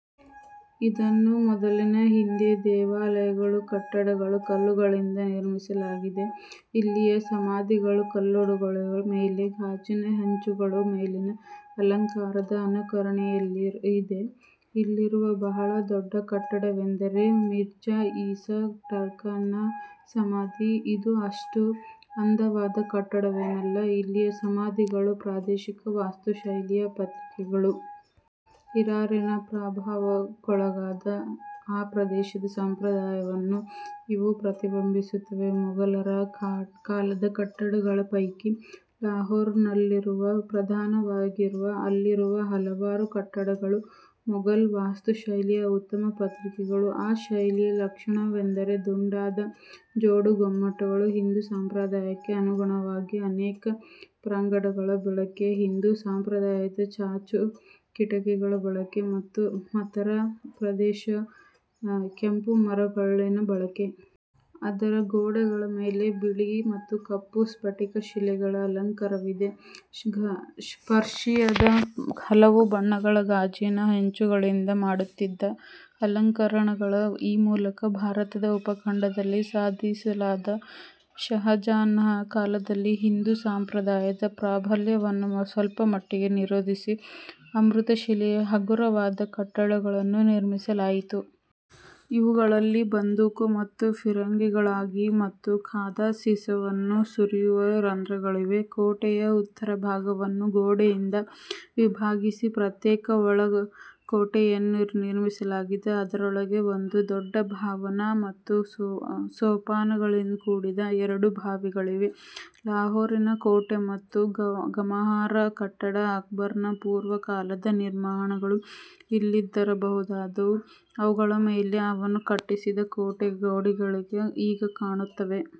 ಇದನ್ನು ಮೊದಲಿನ ಹಿಂದೂ ದೇವಾಲಯಗಳ ಕಟ್ಟಡಗಳ ಕಲ್ಲುಗಳಿಂದ ನಿರ್ಮಿಸಲಾಗಿದೆ. ಇಲ್ಲಿಯ ಸಮಾಧಿಗಳ ಕಲ್ಲುಗೋಡೆಗಳ ಮೇಲೆ ಗಾಜಿನ ಹೆಂಚುಗಳ ಮೇಲಿನ ಅಲಂಕಾರದ ಅನುಕರಣೆಯಿದೆ. ಇಲ್ಲಿರುವ ಬಹಳ ದೊಡ್ಡ ಕಟ್ಟಡವೆಂದರೆ ಮಿರ್ಜಾ ಈಸಾ ಟರ್ಖಾನನ ಸಮಾಧಿ. ಇದು ಅಷ್ಟು ಅಂದವಾದ ಕಟ್ಟಡವೇನಲ್ಲ. ಇಲ್ಲಿಯ ಸಮಾಧಿಗಳು ಪ್ರಾದೇಶಿಕ ವಾಸ್ತುಶೈಲಿಯ ಪ್ರತೀಕಗಳು. ಇರಾನಿನ ಪ್ರಭಾವಕ್ಕೊಳಗಾದ ಆ ಪ್ರದೇಶದ ಸಂಪ್ರದಾಯವನ್ನು ಇವು ಪ್ರತಿಬಿಂಬಿಸುತ್ತವೆ. ಮೊಗಲರ ಕಾಲದ ಕಟ್ಟಡಗಳ ಪೈಕಿ ಲಾಹೋರಿನಲ್ಲಿರುವವು ಪ್ರಧಾನವಾಗಿದೆ. ಅಲ್ಲಿರುವ ಹಲವಾರು ಕಟ್ಟಡಗಳು ಮೊಗಲ್ ವಾಸ್ತುಶೈಲಿಯ ಉತ್ತಮ ಪ್ರತೀಕಗಳು. ಆ ಶೈಲಿಯ ಲಕ್ಷಣಗಳೆಂದರೆ ದುಂಡಾದ ಜೋಡು ಗುಮ್ಮಟಗಳು, ಹಿಂದು ಸಂಪ್ರದಾಯಕ್ಕೆ ಅನುಗುಣವಾಗಿ ಅನೇಕ ಪ್ರಾಂಗಣಗಳ ಬಳಕೆ, ಹಿಂದು ಸಂಪ್ರದಾಯದ ಚಾಚು ಕಿಟಕಿಗಳ ಬಳಕೆ, ಮತ್ತು ಮಥುರಾ ಪ್ರದೇಶದ ಕೆಂಪು ಮರಳ್ಗಲ್ಲಿನ ಬಳಕೆ. ಅದರ ಗೋಡೆಗಳ ಮೇಲೆ ಬಿಳಿ ಮತ್ತು ಕಪ್ಪು ಸ್ಫಟಿಕ ಶಿಲೆಯ ಅಲಂಕರಣವಿದೆ. ಪರ್ಷಿಯದ ಹಲವು ಬಣ್ಣದ ಗಾಜಿನ ಹೆಂಚುಗಳಿಂದ ಮಾಡುತ್ತಿದ್ದ ಅಲಂಕರಣವನ್ನು ಈ ಮೂಲಕ ಭಾರತ ಉಪಖಂಡದಲ್ಲಿ ಸಾಧಿಸಲಾಯಿತು. ಷಹಜಹಾನನ ಕಾಲದಲ್ಲಿ ಹಿಂದೂ ಸಂಪ್ರದಾಯದ ಪ್ರಾಬಲ್ಯವನ್ನು ಸ್ವಲ್ಪ ಮಟ್ಟಿಗೆ ನಿರೋಧಿಸಿ ಅಮೃತಶಿಲೆಯ ಹಗುರವಾದ ಕಟ್ಟಡಗಳನ್ನು ನಿರ್ಮಿಸಲಾಯಿತು. ಇವುಗಳಲ್ಲಿ ಬಂದೂಕು ಮತ್ತು ಫಿರಂಗಿಗಳಿಗಾಗಿ ಮತ್ತು ಕಾದ ಸೀಸವನ್ನು ಸುರಿಯಲು ರಂಧ್ರಗಳಿವೆ. ಕೋಟೆಯ ಉತ್ತರಭಾಗವನ್ನು ಗೋಡೆಯಿಂದ ವಿಭಾಗಿಸಿ ಪ್ರತ್ಯೇಕ ಒಳಕೋಟೆಯನ್ನು ನಿರ್ಮಿಸಲಾಗಿದೆ. ಅದರೊಳಗೆ ಒಂದು ದೊಡ್ಡ ಭವನ ಮತ್ತು ಸೋಪಾನಗಳಿಂದ ಕೂಡಿದ ಎರಡು ಬಾವಿಗಳಿವೆ. ಲಾಹೋರಿನ ಕೋಟೆ ಮತ್ತೊಂದು ಗಮನಾರ್ಹ ಕಟ್ಟಡ. ಅಕ್ಬರನ ಪೂರ್ವಕಾಲದ ನಿರ್ಮಾಣಗಳು ಇಲ್ಲಿದ್ದಿರಬಹುದಾದರೂ ಅವುಗಳ ಮೇಲೆ ಅವನು ಕಟ್ಟಿಸಿದ ಕೋಟೆ ಗೋಡೆಗಳು ಈಗ ಕಾಣುತ್ತವೆ.